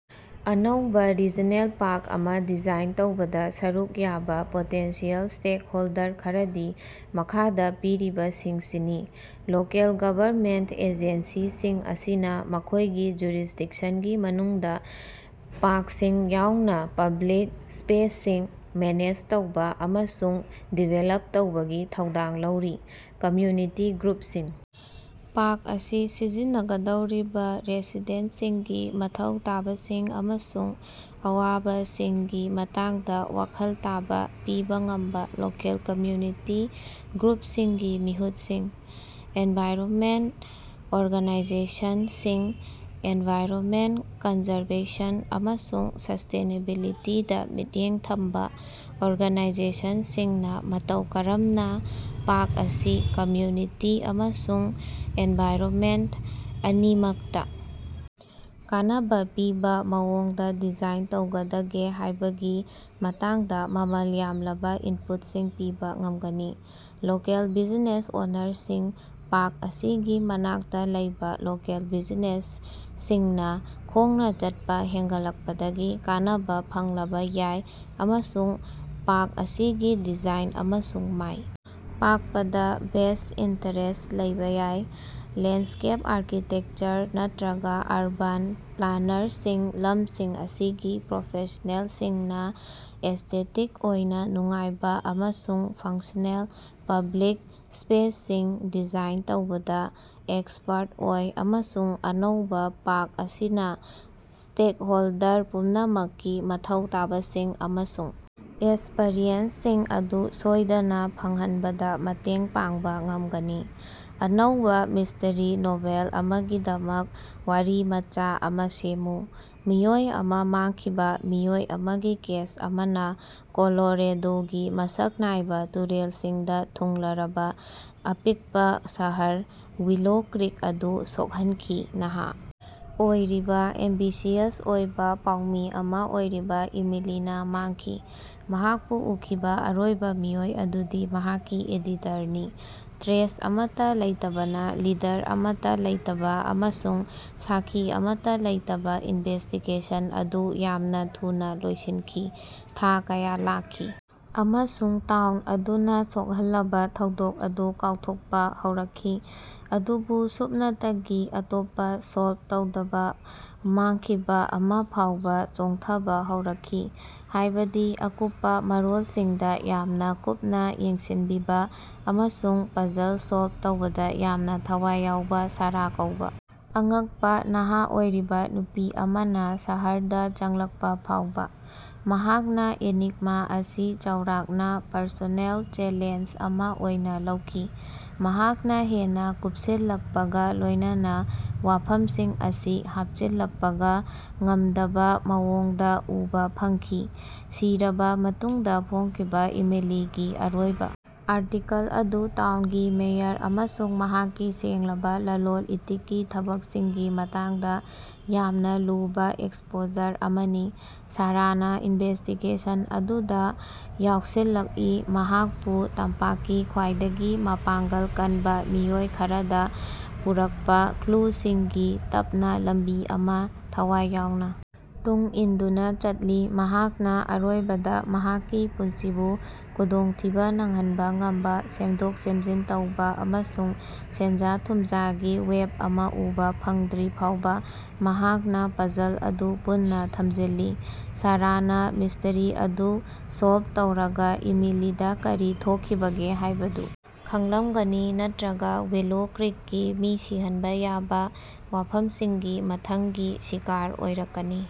ꯑꯅꯧꯕꯥ regional park ꯑꯃꯥ design ꯇꯧꯕꯗꯥ ꯁꯔꯨꯛ ꯌꯥꯕꯥ ꯄꯣꯇꯦꯟꯁꯤꯑꯦꯜ ꯁ꯭ꯇꯦꯀꯍꯣꯜꯗꯔ ꯈꯔꯗꯤ ꯃꯈꯥꯗꯥ ꯄꯤꯔꯤꯕꯁꯤꯡꯁꯤꯅꯤ꯫ ꯂꯣꯀꯦꯜ ꯒꯕꯔꯅꯃꯦꯟꯇ ꯑꯦꯖꯦꯟꯁꯤꯁꯤꯡ ꯑꯁꯤꯅꯥ ꯃꯈꯣꯏꯒꯤ ꯖꯨꯔꯤꯁꯗꯤꯛꯁꯟꯒꯤ ꯃꯅꯨꯡꯗꯥ ꯄꯥꯔꯛꯁꯤꯡ ꯌꯥꯎꯅꯥ ꯄꯕ꯭ꯂꯤꯛ ꯁ꯭ꯄꯦꯁꯁꯤꯡ ꯃꯦꯅꯦꯖ ꯇꯧꯕ ꯑꯃꯁꯨꯡ ꯗꯤꯚꯦꯂꯞ ꯇꯧꯕꯒꯤ ꯊꯧꯗꯥꯡ ꯂꯧꯔꯤ꯫ ꯀꯝꯌꯨꯅꯤꯇꯤ ꯒ꯭ꯔꯨꯄꯁꯤꯡ ꯄꯥꯔꯛ ꯑꯁꯤ ꯁꯤꯖꯤꯟꯅꯒꯗꯧꯔꯤꯕ ꯔꯦꯁꯤꯗꯦꯟꯇꯁꯤꯡꯒꯤ ꯃꯊꯧ ꯇꯥꯕꯁꯤꯡ ꯑꯃꯁꯨꯡ ꯑꯋꯥꯕꯁꯤꯡꯒꯤ ꯃꯇꯥꯡꯗꯥ ꯋꯥꯈꯜ ꯇꯥꯕ ꯄꯤꯕꯥ ꯉꯝꯕ ꯂꯣꯀꯦꯜ ꯀꯝꯌꯨꯅꯤꯇꯤ ꯒ꯭ꯔꯨꯄꯁꯤꯡꯒꯤ ꯃꯤꯍꯨꯠꯁꯤꯡ꯫ꯑꯦꯟꯚꯥꯏꯔꯣꯃꯦꯟꯠ ꯑꯣꯔꯒꯥꯅꯥꯏꯖꯦꯁꯟꯁꯤꯡ ꯑꯦꯟꯚꯥꯏꯔꯣꯃꯦꯟꯠ ꯀꯟꯖꯥꯔꯕꯦꯁꯟ ꯑꯃꯁꯨꯡ ꯁꯁ꯭ꯇꯦꯅꯦꯕꯤꯂꯤꯇꯤꯗꯥ ꯃꯤꯠꯌꯦꯡ ꯊꯝꯕ ꯑꯣꯔꯒꯥꯅꯥꯏꯖꯦꯁꯟꯁꯤꯡꯅꯥ ꯃꯇꯧ ꯀꯔꯝꯅꯥ ꯄꯥꯔꯛ ꯑꯁꯤ ꯀꯝꯌꯨꯅꯤꯇꯤ ꯑꯃꯁꯨꯡ ꯑꯦꯟꯚꯥꯏꯔꯣꯃꯦꯟꯠ ꯑꯅꯤꯃꯛꯇꯥ ꯀꯥꯟꯅꯕꯥ ꯄꯤꯕ ꯃꯑꯣꯡꯗꯥ ꯗꯤꯖꯥꯏꯟ ꯇꯧꯒꯗꯒꯦ ꯍꯥꯏꯕꯒꯤ ꯃꯇꯥꯡꯗꯥ ꯃꯃꯜ ꯌꯥꯝꯂꯕꯥ ꯏꯟꯄꯨꯠꯁꯤꯡ ꯄꯤꯕꯥ ꯉꯝꯒꯅꯤ꯫ ꯂꯣꯀꯦꯜ ꯕꯤꯖꯤꯅꯦꯁ ꯑꯣꯅꯔꯁꯤꯡ ꯄꯥꯔꯛ ꯑꯁꯤꯒꯤ ꯃꯅꯥꯛꯇꯥ ꯂꯩꯕ ꯂꯣꯀꯦꯜ ꯕꯤꯖꯤꯅꯦꯁꯁꯤꯡꯅꯥ ꯈꯣꯡꯅꯥ ꯆꯠꯄꯥ ꯍꯦꯟꯒꯠꯂꯛꯄꯗꯒꯤ ꯀꯥꯟꯅꯕꯥ ꯐꯪꯂꯕ ꯌꯥꯏ ꯑꯃꯁꯨꯡ ꯄꯥꯔꯛ ꯑꯁꯤꯒꯤ ꯗꯤꯖꯥꯏꯟ ꯑꯃꯁꯨꯡ ꯃꯥꯏ ꯄꯥꯛꯄꯗꯥ ꯚꯦꯁ꯭ꯠ ꯏꯟꯇꯔꯦꯁ꯭ꯠ ꯂꯩꯕ ꯌꯥꯏ꯫ ꯂꯦꯟꯁ꯭ꯀꯦꯞ ꯑꯥꯔꯀꯤꯇꯦꯛꯆꯔ ꯅꯠꯇ꯭ꯔꯒ ꯑꯔꯕꯥꯟ ꯄ꯭ꯂꯥꯅꯔꯁꯤꯡ ꯂꯝꯁꯤꯡ ꯑꯁꯤꯒꯤ ꯄ꯭ꯔꯣꯐꯦꯁ꯭ꯅꯦꯜꯁꯤꯡꯅꯥ ꯑꯦꯁ꯭ꯇꯦꯇꯤꯛ ꯑꯣꯏꯅ ꯅꯨꯡꯉꯥꯏꯕ ꯑꯃꯁꯨꯡ ꯐꯪꯡꯁ꯭ꯅꯦꯜ ꯄꯕ꯭ꯂꯤꯛ ꯁ꯭ꯄꯦꯁꯁꯤꯡ ꯗꯤꯖꯥꯏꯟ ꯇꯧꯕꯗꯥ ꯑꯦꯛꯁꯄꯔꯠ ꯑꯣꯏ ꯑꯃꯁꯨꯡ ꯑꯅꯧꯕ ꯄꯥꯔꯛ ꯑꯁꯤꯅꯥ ꯁ꯭ꯇꯦꯀꯍꯣꯜꯗꯔ ꯄꯨꯝꯅꯃꯛꯀꯤ ꯃꯊꯧ ꯇꯥꯕꯁꯤꯡ ꯑꯃꯁꯨꯡ ꯑꯦꯁ꯭ꯄꯤꯔꯦꯁꯟꯁꯤꯡ ꯑꯗꯨ ꯁꯣꯏꯗꯅꯥ ꯐꯪꯍꯟꯕꯗꯥ ꯃꯇꯦꯡ ꯄꯥꯡꯕ ꯉꯝꯒꯅꯤ꯫ ꯑꯅꯧꯕꯥ ꯃꯤꯁ꯭ꯠꯔꯤ ꯅꯣꯚꯦꯜ ꯑꯃꯥꯒꯤꯗꯃꯛ ꯋꯥꯔꯤꯃꯆꯥ ꯑꯃꯥ ꯁꯦꯝꯃꯨ꯫ ꯃꯤꯑꯣꯏ ꯑꯃꯥ ꯃꯥꯡꯈꯤꯕ ꯃꯤꯑꯣꯏ ꯑꯃꯒꯤ ꯀꯦꯁ ꯑꯃꯅꯥ ꯀꯣꯂꯣꯔꯦꯗꯣꯒꯤ ꯃꯁꯛ ꯅꯥꯏꯕ ꯇꯨꯔꯦꯜꯁꯤꯡꯗꯥ ꯊꯨꯡꯂꯔꯕꯥ ꯑꯄꯤꯛꯄꯥ ꯁꯍꯔ ꯋꯤꯂꯣ ꯀ꯭ꯔꯤꯛ ꯑꯗꯨ ꯁꯣꯛꯍꯟꯈꯤ꯫ ꯅꯍꯥ ꯑꯣꯏꯔꯤꯕꯥ, ꯑꯦꯝꯕꯤꯁꯤꯌꯁ ꯑꯣꯏꯕ ꯄꯥꯎꯃꯤ ꯑꯃꯥ ꯑꯣꯏꯔꯤꯕ ꯏꯃꯤꯂꯤꯅꯥ ꯃꯥꯡꯈꯤ꯫ ꯃꯍꯥꯛꯄꯨ ꯎꯈꯤꯕꯥ ꯑꯔꯣꯏꯕ ꯃꯤꯑꯣꯏ ꯑꯗꯨꯗꯤ ꯃꯍꯥꯛꯀꯤ ꯑꯦꯗꯤꯇꯔꯅꯤ꯫ ꯇ꯭ꯔꯦꯏꯁ ꯑꯃꯠꯇꯥ ꯂꯩꯇꯕꯅꯥ, ꯂꯤꯗꯔ ꯑꯃꯠꯇꯥ ꯂꯩꯇꯕ, ꯑꯃꯁꯨꯡ ꯁꯥꯛꯈꯤ ꯑꯃꯠꯇꯥ ꯂꯩꯇꯕ ꯏꯅꯚꯦꯁ꯭ꯇꯤꯒꯦꯁꯟ ꯑꯗꯨ ꯌꯥꯝꯅ ꯊꯨꯅꯥ ꯂꯣꯏꯁꯤꯟꯈꯤ꯫ ꯊꯥ ꯀꯌꯥ ꯂꯥꯛꯈꯤ, ꯑꯃꯁꯨꯡ ꯇꯥꯎꯟ ꯑꯗꯨꯅꯥ ꯁꯣꯛꯍꯜꯂꯕꯥ ꯊꯧꯗꯣꯛ ꯑꯗꯨ ꯀꯥꯎꯊꯣꯛꯄꯥ ꯍꯧꯔꯛꯈꯤ, ꯃꯗꯨꯕꯨ ꯁꯨꯞꯅꯇꯒꯤ ꯑꯇꯣꯞꯄꯥ ꯁꯣꯜꯕ ꯇꯧꯗꯕꯥ ꯃꯥꯡꯈꯤꯕꯥ ꯑꯃꯥ ꯐꯥꯎꯕꯥ ꯆꯣꯡꯊꯕꯥ ꯍꯧꯔꯛꯈꯤ꯫ ꯍꯥꯏꯕꯗꯤ ꯑꯀꯨꯞꯄꯥ ꯃꯔꯣꯜꯁꯤꯡꯗꯥ ꯌꯥꯝꯅ ꯀꯨꯞꯅꯥ ꯌꯦꯡꯁꯤꯟꯕꯤꯕꯥ, ꯑꯃꯁꯨꯡ ꯄꯥꯖꯜ ꯁꯣꯜꯕ ꯇꯧꯕꯗꯥ ꯌꯥꯝꯅꯥ ꯊꯋꯥꯏ ꯌꯥꯎꯕꯥ ꯁꯥꯔꯥ ꯀꯧꯕ ꯑꯉꯛꯄꯥ ꯅꯍꯥ ꯑꯣꯏꯔꯤꯕ ꯅꯨꯄꯤ ꯑꯃꯅꯥ ꯁꯍꯔꯗꯥ ꯆꯪꯂꯛꯄꯥ ꯐꯥꯎꯕ꯫ ꯃꯍꯥꯛꯅꯥ ꯑꯦꯅꯤꯒ꯭ꯃꯥ ꯑꯁꯤ ꯆꯥꯎꯔꯥꯛꯅꯥ ꯄꯔꯁꯣꯅꯦꯜ ꯆꯦꯂꯦꯟꯖ ꯑꯃꯥ ꯑꯣꯏꯅꯥ ꯂꯧꯈꯤ꯫ ꯃꯍꯥꯛꯅꯥ ꯍꯦꯟꯅꯥ ꯀꯨꯄꯁꯤꯜꯂꯛꯄꯒꯥ ꯂꯣꯏꯅꯅꯥ ꯋꯥꯐꯝꯁꯤꯡ ꯑꯁꯤ ꯍꯥꯞꯆꯤꯜꯂꯛꯄꯥ ꯉꯝꯗꯕꯥ ꯃꯑꯣꯡꯗꯥ ꯎꯕꯥ ꯐꯪꯈꯤ꯫ ꯁꯤꯔꯕꯥ ꯃꯇꯨꯡꯗꯥ ꯐꯣꯡꯈꯤꯕꯥ ꯏꯃꯤꯂꯤꯒꯤ ꯑꯔꯣꯏꯕꯥ ꯑꯥꯔꯇꯤꯀꯜ ꯑꯗꯨ ꯇꯥꯎꯅꯒꯤ ꯃꯦꯌꯔ ꯑꯃꯁꯨꯡ ꯃꯍꯥꯛꯀꯤ ꯁꯦꯡꯂꯕꯥ ꯂꯂꯣꯟ ꯏꯇꯤꯛꯀꯤ ꯊꯕꯛꯁꯤꯡꯒꯤ ꯃꯇꯥꯡꯗꯥ ꯌꯥꯝꯅ ꯂꯨꯕꯥ ꯑꯦꯛꯁꯄꯣꯖꯔ ꯑꯃꯅꯤ꯫ ꯁꯥꯔꯥꯅꯥ ꯏꯅꯚꯦꯁ꯭ꯇꯤꯒꯦꯁꯟ ꯑꯗꯨꯗꯥ ꯌꯥꯎꯁꯤꯜꯂꯛꯏ, ꯃꯍꯥꯀꯄꯨ ꯇꯝꯄꯥꯛꯀꯤ ꯈ꯭ꯋꯥꯏꯗꯒꯤ ꯃꯄꯥꯉ꯭ꯡꯒꯜ ꯀꯟꯕꯥ ꯃꯤꯑꯣꯏ ꯈꯔꯗꯥ ꯄꯨꯔꯛꯄꯥ ꯀ꯭ꯂꯨꯁꯤꯡꯒꯤ ꯇꯞꯅꯥ ꯂꯝꯕꯤ ꯑꯃꯥ ꯊꯋꯥꯏ ꯌꯥꯎꯅꯥ ꯇꯨꯡ ꯏꯟꯗꯨꯅꯥ ꯆꯠꯂꯤ꯫ ꯃꯍꯥꯛꯅꯥ ꯑꯔꯣꯏꯕꯗꯥ ꯃꯍꯥꯛꯀꯤ ꯄꯨꯟꯁꯤꯕꯨ ꯈꯨꯗꯣꯡꯊꯤꯕꯥ ꯅꯪꯍꯟꯕꯥ ꯉꯝꯕꯥ, ꯁꯦꯝꯗꯣꯛ-ꯁꯦꯝꯖꯤꯟ ꯇꯧꯕ ꯑꯃꯁꯨꯡ ꯁꯦꯟꯖꯥ-ꯊꯨꯝꯖꯥꯒꯤ ꯋꯦꯕ ꯑꯃꯥ ꯎꯕꯥ ꯐꯪꯗ꯭ꯔꯤ ꯐꯥꯎꯕꯥ ꯃꯍꯥꯛꯅꯥ ꯄꯥꯖꯜ ꯑꯗꯨ ꯄꯨꯟꯅꯥ ꯊꯝꯖꯤꯜꯂꯤ꯫ ꯁꯥꯔꯥꯅꯥ ꯃꯤꯁ꯭ꯠꯔꯤ ꯑꯗꯨ ꯁꯣꯜꯕ ꯇꯧꯔꯒꯥ ꯏꯃꯤꯂꯤꯗꯥ ꯀꯔꯤ ꯊꯣꯛꯈꯤꯕꯒꯦ ꯍꯥꯏꯕꯗꯨ ꯈꯪꯂꯝꯒꯅꯤ ꯅꯠꯇ꯭ꯔꯒꯥ ꯋꯤꯂꯣ ꯀ꯭ꯔꯤꯀꯀꯤ ꯃꯤ ꯁꯤꯍꯟꯕꯥ ꯌꯥꯕ ꯋꯥꯐꯝꯁꯤꯡꯒꯤ ꯃꯊꯪꯒꯤ ꯁꯤꯀꯥꯔ ꯑꯣꯏꯔꯛꯀꯅꯤ꯫